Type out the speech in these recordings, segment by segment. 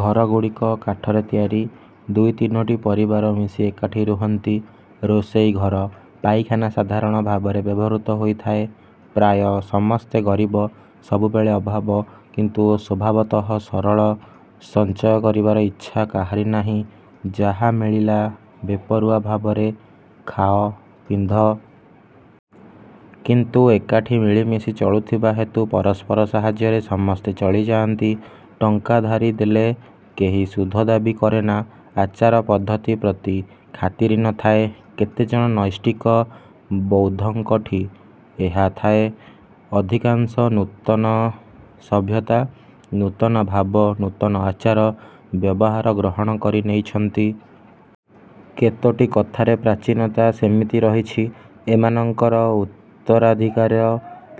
ଘରଗୁଡ଼ିକ କାଠରେ ତିଆରି। ଦୁଇ ତିନୋଟି ପରିବାର ମିଶି ଏକାଠି ରୁହନ୍ତି। ରୋଷେଇ ଘର, ପାଇଖାନା ସାଧାରଣ ଭାବରେ ବ୍ୟବହୃତ ହୋଇଥାଏ। ପ୍ରାୟ ସମସ୍ତେ ଗରିବ। ସବୁବେଳେ ଅଭାବ। କିନ୍ତୁ ସ୍ୱଭାବତଃ ସରଳ। ସଞ୍ଚୟ କରିବାର ଇଚ୍ଛା କାହାରି ନାହିଁ। ଯାହା ମିଳିଲା ବେପରୁଆ ଭାବରେ ଖାଅ, ପିନ୍ଧ। କିନ୍ତୁ ଏକାଠି ମିଳିମିଶି ଚଳୁଥିବା ହେତୁ ପରସ୍ପର ସାହାଯ୍ୟରେ ସମସ୍ତେ ଚଳିଯାଆନ୍ତି। ଟଙ୍କା ଧାରି ଦେଲେ କେହି ସୁଧ ଦାବୀ କରେନା। ଆଚାର ପଦ୍ଧତି ପ୍ରତି ଖାତିରି ନ ଥାଏ। କେତେ ଜଣ ନୈଷ୍ଠିକ ବୌଦ୍ଧଙ୍କଠି ଏହା ଥାଏ। ଅଧିକାଂଶ ନୂତନ ସଭ୍ୟତା, ନୂତନ ଭାବ, ନୂତନ ଆଚାର, ବ୍ୟବହାର ଗ୍ରହଣ କରି ନେଇଛନ୍ତି। କେତୋଟି କଥାରେ ପ୍ରାଚୀନତା ସେମିତି ରହିଛି। ଏମାନଙ୍କର ଉତ୍ତରାଧୀକାର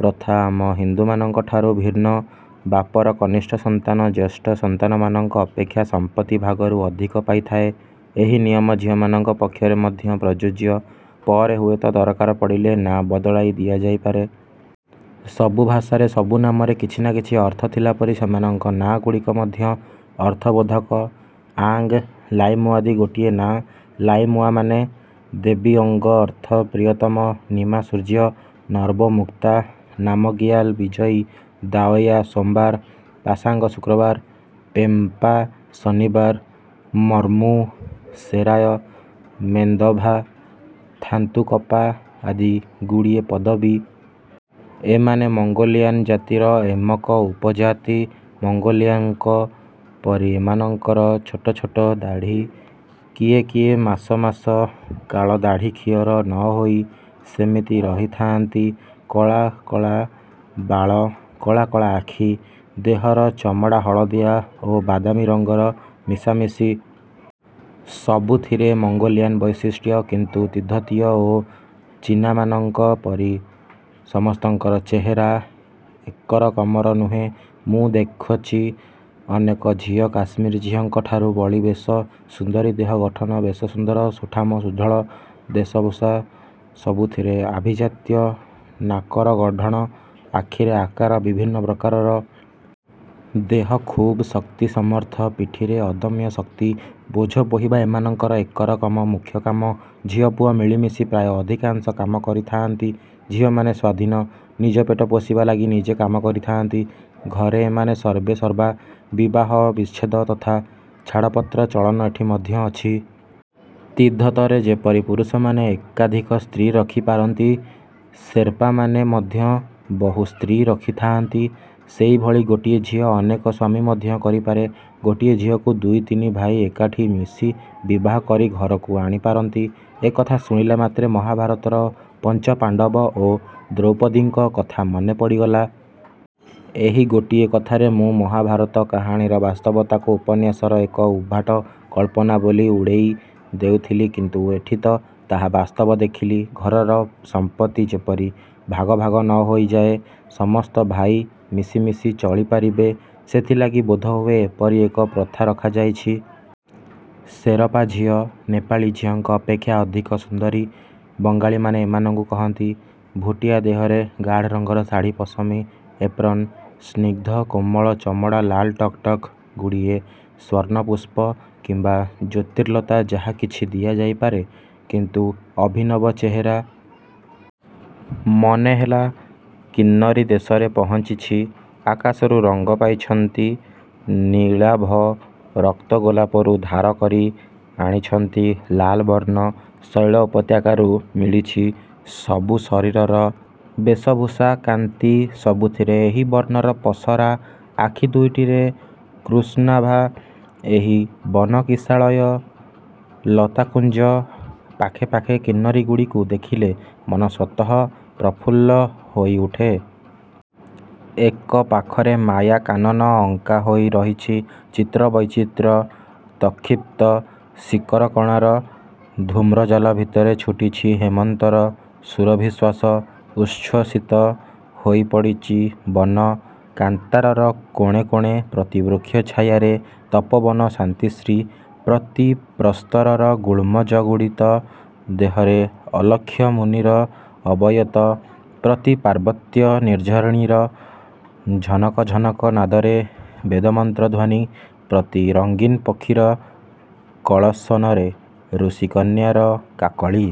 ପ୍ରଥା ଆମ ହିନ୍ଦୁଙ୍କଠାରୁ ଭିନ୍ନ। ବାପର କନିଷ୍ଠ ସନ୍ତାନ ଜ୍ୟେଷ୍ଠ ସନ୍ତାନମାନଙ୍କ ଅପେକ୍ଷା ସମ୍ପତ୍ତି ଭାଗରୁ ଅଧିକ ପାଇଥାଏ। ଏହି ନିୟମ ଝିଅମାନଙ୍କ ପକ୍ଷରେ ମଧ୍ୟ ପ୍ରଯୁଜ୍ୟ। ପରେ ହୁଏତ ଦରକାର ପଡ଼ିଲେ ନା ବଦଳାଇ ଦିଆଯାଇପାରେ। ସବୁ ଭାଷାରେ, ସବୁ ନାମରେ କିଛି ନା କିଛି ଅର୍ଥ ଥିଲାପରି ସେମାନଙ୍କ ନାଁ ଗୁଡ଼ିକ ମଧ୍ୟ ଅର୍ଥବୋଧକ। ଆଙ୍ଗ୍, ଲାଇମୁଆଦି ଗୋଟିଏ ନାଆଁ। ଲାଇମୁମାନେ ଦେବୀ–ଆଙ୍ଗ ଅର୍ଥ ପ୍ରିୟତମ, ନିମା–ସୂର୍ଯ୍ୟ, ନର୍ବୋ–ମୁକ୍ତା, ନାମଗିୟାଲ–ବିଜୟୀ, ଦାଓୟା–ସୋମବାର, ପାସାଙ୍ଗ–ଶୁକ୍ରବାର, ପେମ୍ବା–ଶନିବାର; ମର୍ମୁ, ଶେରାୟ, ମେନ୍ଦଭା, ଥାନ୍ତୁକପା ଆଦି ଗୁଡ଼ିଏ ପଦବୀ। ଏମାନେ ମଙ୍ଗୋଲିଆନ୍ ଜାତିର ଏମକ ଉପଜାତି। ମଙ୍ଗୋଲିଆନ୍ଙ୍କ ପରି ଏମାନଙ୍କର ଛୋଟ ଛୋଟ ଦାଢ଼ୀ। କିଏ କିଏ ମାସ ମାସ କାଳ ଦାଢ଼ୀ କ୍ଷିଅର ନ ହୋଇ ସେମିତି ରହିଥାଆନ୍ତି। କଳା କଳା ବାଳ। କଳା କଳା ଆଖି। ଦେହର ଚମଡ଼ା ହଳଦିଆ ଓ ବାଦାମୀ ରଙ୍ଗର ମିଶାମିଶି। ସବୁଥିରେ ମଙ୍ଗୋଲିଆନ୍ ବୈଶିଷ୍ଟ୍ୟ, କିନ୍ତୁ ତିବ୍ବତୀୟ ଓ ଚୀନାମାନଙ୍କ ପରି ସମସ୍ତଙ୍କର ଚେହେରା ଏକରକମର ନୁହେଁ। ମୁଁ ଦେଖଚି ଅନେକ ଝିଅ କାଶ୍ମିରୀ ଝିଅଙ୍କଠାରୁ ବଳି ବେଶ ସୁନ୍ଦରୀ-ଦେହ ଗଠନ ବେଶ ସୁନ୍ଦର, ସୁଠାମ, ସୁଢ଼ଳ। ବେଶଭୂଷା ସବୁଥିରେ ଆଭିଜାତ୍ୟ। ନାକର ଗଢ଼ଣ, ଆଖିର ଆକାର ବିଭିନ୍ନ ପ୍ରକାରର। ଦେହ ଖୁବ୍ ଶକ୍ତି ସମର୍ଥ। ପିଠିରେ ଅଦମ୍ୟ ଶକ୍ତି। ବୋଝ ବୋହିବା ଏମାନଙ୍କର ଏକରକମ ମୁଖ୍ୟକାମ। ଝିଅ ପୁଅ ମିଳିମିଶି ପ୍ରାୟ ଅଧିକାଂଶ କାମ କରି ଥାଆନ୍ତି। ଝିଅମାନେ ସ୍ୱାଧୀନ। ନିଜ ପେଟ ପୋଷିବା ଲାଗି ନିଜେ କାମ କରିଥାଆନ୍ତି। ଘରେ ଏମାନେ ସର୍ବେସର୍ବା, ବିବାହ ବିଚ୍ଛେଦ ତଥା ଛାଡ଼ପତ୍ର ଚଳନ ଏଠି ମଧ୍ୟ ଅଛି। ତିବ୍ଦତରେ ଯେପରି ପୁରୁଷମାନେ ଏକାଧିକ ସ୍ତ୍ରୀ ରଖିପାରନ୍ତି, ସେର୍ପାମାନେ ମଧ୍ୟ ବହୁ ସ୍ତ୍ରୀ ରଖିଥାଆନ୍ତି। ସେଇଭଳି ଗୋଟିଏ ଝିଅ ଅନେକ ସ୍ୱାମୀ ମଧ୍ୟ କରିପାରେ। ଗୋଟିଏ ଝିଅକୁ ଦୁଇ ତିନି ଭାଇ ଏକାଠି ମିଶି ବିବାହ କରି ଘରକୁ ଆଣିପାରନ୍ତି। ଏକଥା ଶୁଣିଲାମାତ୍ରେ ମହାଭାରତର ପଞ୍ଚପାଣ୍ତବ ଓ ଦ୍ରୌପଦୀଙ୍କ କଥା ମନେ ପଡ଼ିଗଲା। ଏହି ଗୋଟିଏ କଥାରେ ମୁଁ ମହାଭାରତ। କାହାଣୀର ବାସ୍ତବତାକୁ ଉପନ୍ୟାସର ଏକ ଉଦ୍ଭାଟ କଳ୍ପନା ବୋଲି ଉଡ଼େଇ ଦେଉଥିଲି କିନ୍ତୁ ଏଠି ତ ତାହା ବାସ୍ତବ ଦେଖିଲି। ଘରର ସମ୍ପତ୍ତି ଯେପରି ଭାଗ ଭାଗ ନ ହୋଇଯାଏ, ସମସ୍ତ ଭାଇ ମିଳିମିଶି ଚଳି ପାରିବେ, ସେଥିଲାଗି ବୋଧହୁଏ ଏପରି ଏକ ପ୍ରଥା ରଖାଯାଇଛି। ସେରପା ଝିଅ ନେପାଳୀ ଝିଅଙ୍କ ଅପେକ୍ଷା ଅଧିକ ସୁନ୍ଦରୀ। ବଙ୍ଗାଳୀମାନେ ଏମାନଙ୍କୁ କହନ୍ତି ଭୁଟିଆ। ଦେହରେ ଗାଢ଼ ରଙ୍ଗର ଶାଢ଼ି ପଶମୀ 'ଏପ୍ରନ'। ସ୍ନିଗ୍ଧ କୋମଳ ଚମଡ଼ା ଲାଲ ଟକ ଟକ। ଗୁଡ଼ିଏ ସ୍ୱର୍ଣ୍ଣପୁଷ୍ପ କିମ୍ୱା ଜ୍ୟୋତିର୍ଲତା ଯାହା କିଛି ଦିଆଯାଇପାରେ। କିନ୍ତୁ ଅଭିନବ ଚେହେରା। ମନେ ହେଲା କିନ୍ମରୀ ଦେଶରେ ପହଞ୍ଚିଛି। ଆକାଶରୁ ରଙ୍ଗ ପାଇଛନ୍ତି ନୀଳାଭ ରକ୍ତଗୋଲାପରୁ ଧାର କରି ଆଣିଛନ୍ତି ଲାଲବର୍ଣ୍ଣ, ଶୈଳ ଉପତ୍ୟକାରୁ ମିଳିଚି ସବୁଜ ଶରୀରର ବେଶଭୂଷା, କାନ୍ତି ସବୁଥିରେ ଏହି ବର୍ଣ୍ଣର ପସରା। ଆଖି ଦୁଇଟିରେ କୃଷ୍ଣାଭା। ଏହି ବନ କିଶାଳୟ, ଲତାକୁଞ୍ଜ ପାଖେ ପାଖେ କିନ୍ନରୀଗୁଡ଼ିକୁ ଦେଖିଲେ ମନ ସ୍ୱତଃ ପ୍ରଫୁଲ୍ଲ ହୋଇଉଠେ। ଏକ ପାଖରେ ମାୟା କାନନ ଅଙ୍କା ହୋଇ ରହିଛି–ଚିତ୍ର ବୈଚିତ୍ର୍ୟ। ଉତ୍କ୍ଷିପ୍ତ ଶିକରକଣାର ଧୂମ୍ରଜାଲ ଭିତରେ ଛୁଟିଛି ହେମନ୍ତର ସୁରଭିଶ୍ୱାସ–ଉଚ୍ଛ୍ୱସିତ ହୋଇ ପଡ଼ିଚି ବନ କାନ୍ତାରର କୋଣେ କୋଣେ। ପ୍ରତି ବୃକ୍ଷ ଛାୟାରେ ତପୋବନର ଶାନ୍ତିଶ୍ରୀ: ପ୍ରତି ପ୍ରସ୍ତରର ଗୁଳ୍ମଜଡ଼ିତ ଦେହରେ ଅଲକ୍ଷ୍ୟ ମୁନିର ଅବୟବ; ପ୍ରତି ପାର୍ବତ୍ୟ ନିର୍ଝରଣୀର ଝନକ ଝନକ ନାଦରେ ବେଦମନ୍ତ୍ର ଧ୍ୱନି; ପ୍ରତି ରଙ୍ଗୀନ ପକ୍ଷୀର କଳସ୍ୱନରେ ଋଷିକନ୍ୟାର କାକଳୀ।